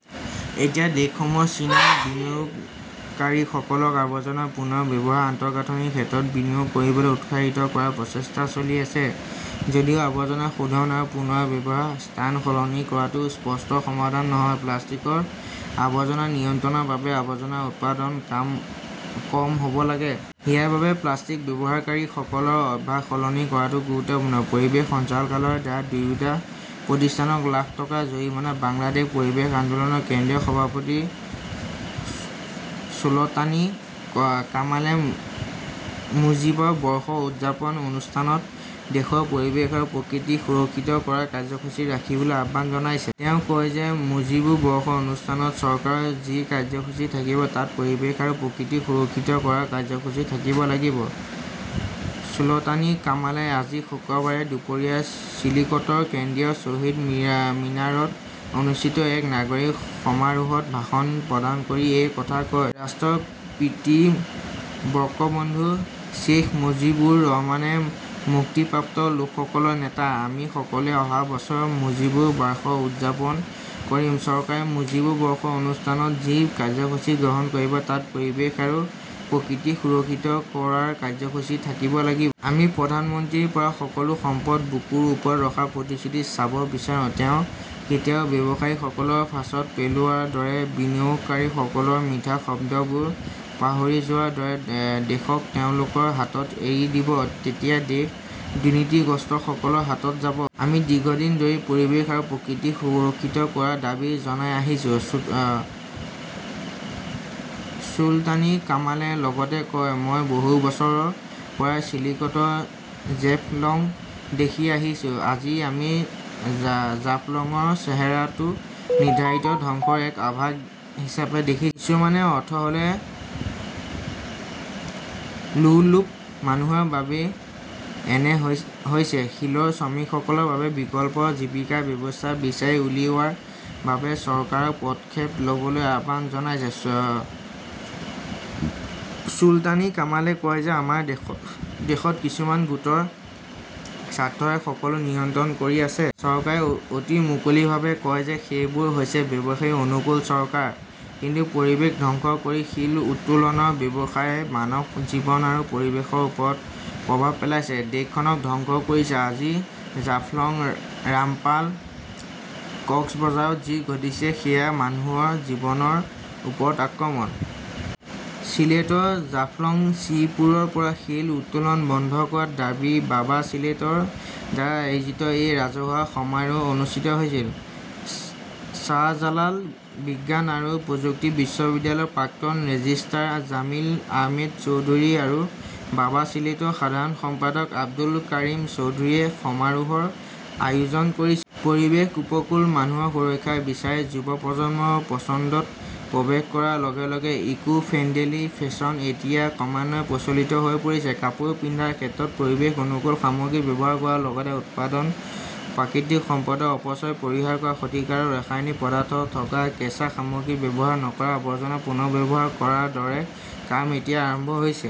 এতিয়া দেশসমূহত চীনা বিনিয়োগকাৰীসকলক আৱৰ্জনা পুনৰ ব্যৱহাৰৰ আন্তঃগাঁথনিৰ ক্ষেত্ৰত বিনিয়োগ কৰিবলৈ উৎসাহিত কৰাৰ প্ৰচেষ্টা চলি আছে। যদিও আৱৰ্জনা শোধন আৰু পুনৰ ব্যৱহাৰৰ স্থান সলনি কৰাটো স্পষ্ট সমাধান নহয়, প্লাষ্টিকৰ আৱৰ্জনা নিয়ন্ত্ৰণৰ বাবে আৱৰ্জনাৰ উৎপাদন কম হ 'ব লাগে। ইয়াৰ বাবে প্লাষ্টিক ব্যৱহাৰকাৰীসকলৰ অভ্যাস সলনি কৰাটোও গুৰুত্বপূৰ্ণ। পৰিৱেশ সঞ্চালকালয়ৰ দ্বাৰা দুয়োটা প্ৰতিষ্ঠানক লাখ টকাৰ জৰিমনা বাংলাদেশ পৰিৱেশ আন্দোলনৰ কেন্দ্ৰীয় সভাপতি চুলতানী কামালে মুজীব বৰ্ষ উদযাপন অনুষ্ঠানত দেশৰ পৰিৱেশ আৰু প্ৰকৃতি সুৰক্ষিত কৰাৰ কাৰ্যসূচী ৰাখিবলৈ আহ্বান জনাইছে। তেওঁ কয় যে মুজীব বৰ্ষৰ অনুষ্ঠানত চৰকাৰৰ যি কাৰ্যসূচী থাকিব, তাত পৰিৱেশ আৰু প্ৰকৃতি সুৰক্ষিত কৰাৰ কাৰ্যসূচী থাকিব লাগিব। চুলতানী কামালে আজি শুক্ৰবাৰে দুপৰীয়া চিলিকটৰ কেন্দ্ৰীয় শ্বহীদ মিনাৰত অনুষ্ঠিত এক নাগৰিক সমাৰোহত ভাষণ প্ৰদান কৰি এই কথা কয়। "ৰাষ্ট্ৰৰ পিতৃ বঙ্গবন্ধু শ্বেইখ মুজিবুৰ ৰহমানে মুক্তিপ্ৰাপ্ত লোকসকলৰ নেতা। আমি সকলোৱে অহা বছৰ মুজীব বাৰ্ষ উদযাপন কৰিম। চৰকাৰে মুজীব বৰ্ষৰ অনুষ্ঠানত যি কাৰ্যসূচী গ্ৰহণ কৰিব, তাত পৰিৱেশ আৰু প্ৰকৃতি সুৰক্ষিত কৰাৰ কাৰ্যসূচী থাকিব লাগিব। আমি প্ৰধানমন্ত্ৰীৰ পৰা সকলো সম্পদ বুকৰ ওপৰত ৰখাৰ প্ৰতিশ্ৰুতি চাব বিচাৰো। তেওঁ কেতিয়াও ব্যৱসায়ীসকলক ফাঁচত পেলোৱাৰ দৰে, বিনিয়োগকাৰীসকলৰ মিঠা শব্দবোৰ পাহৰি যোৱাৰ দৰে, দেশক তেওঁলোকৰ হাতত এৰি নিদিব। তেতিয়া দেশ দুৰ্নীতিগ্ৰস্তসকলৰ হাতত যাব। আমি দীৰ্ঘদিন ধৰি পৰিৱেশ আৰু প্ৰকৃতি সুৰক্ষিত কৰাৰ দাবী জনাই আহিছো, চুলতানী কামালে লগতে কয়। মই বহু বছৰৰ পৰাই চিলিকটৰ জেফলংক দেখি আহিছো। আজি আমি জাফলঙৰ চেহেৰাটো নিৰ্ধাৰিত ধ্বংসৰ এক আভাস হিচাপে দেখিছোঁ। কিছুমান অৰ্থ হ 'ল লোলুপ মানুহৰ বাবেই এনে হৈছে। শিলৰ শ্ৰমিকসকলৰ বাবে বিকল্প জীৱিকাৰ ব্যৱস্থা বিচাৰি উলিওৱাৰ বাবে চৰকাৰক পদক্ষেপ ল'বলৈ আহ্বান জনাই চুলতানী কামালে কয, আমাৰ দেশত কিছুমান গোটৰ স্বাৰ্থই সকলো নিয়ন্ত্ৰণ কৰি আছে। চৰকাৰে অতি মুকলিভাৱে কয় যে সেইবোৰ হৈছে ব্যৱসায়-অনুকূল চৰকাৰ। কিন্তু পৰিৱেশ ধ্বংস কৰি শিল উত্তোলনৰ ব্যৱসায়ে মানৱ জীৱন আৰু পৰিৱেশৰ ওপৰত প্ৰভাৱ পেলাইছে, দেশখনক ধ্বংস কৰিছে। আজি জাফলঙ, ৰামপাল, কক্সবাজাৰত যি ঘটিছে সেয়া মানুহৰ জীৱনৰ ওপৰত আক্ৰমণ। চিলেটৰ জাফলং, শ্ৰীপুৰৰ পৰা শিল উত্তোলন বন্ধ কৰাৰ দাবীত বাবা চিলেটৰ দ্বাৰা আয়োজিত এই ৰাজহুৱা সমাৰোহ অনুষ্ঠিত হৈছিল। শ্বাহজালাল বিজ্ঞান আৰু প্ৰযুক্তি বিশ্ববিদ্যালয়ৰ প্ৰাক্তন ৰেজিষ্ট্ৰাৰ জামিল আহমেদ চৌধুৰী আৰু বাবা চিলেটৰ সাধাৰণ সম্পাদক আব্দুল কাৰিম চৌধুৰীয়ে সমাৰোহৰ আয়োজন কৰিছিল। পৰিৱেশ, উপকূল আৰু মানুহৰ সুৰক্ষা বিচাৰে যুৱ প্ৰজন্মৰ পছন্দত প্ৰৱেশ কৰাৰ লগে লগে 'ইকো-ফ্ৰেণ্ডলি ফেশ্বন "এতিয়া ক্ৰমান্বয়ে প্ৰচলিত হৈ পৰিছে। কাপোৰ পিন্ধাৰ ক্ষেত্ৰত পৰিৱেশ-অনুকূল সামগ্ৰী ব্যৱহাৰ কৰাৰ লগতে উৎপাদনত প্ৰাকৃতিক সম্পদৰ অপচয় পৰিহাৰ কৰা, ক্ষতিকাৰক ৰাসায়নিক পদাৰ্থ থকা কেঁচা সামগ্ৰী ব্যৱহাৰ নকৰা, আৱৰ্জনা পুনৰ্ব্যৱহাৰ কৰাৰ দৰে কাম এতিয়া আৰম্ভ হৈছে।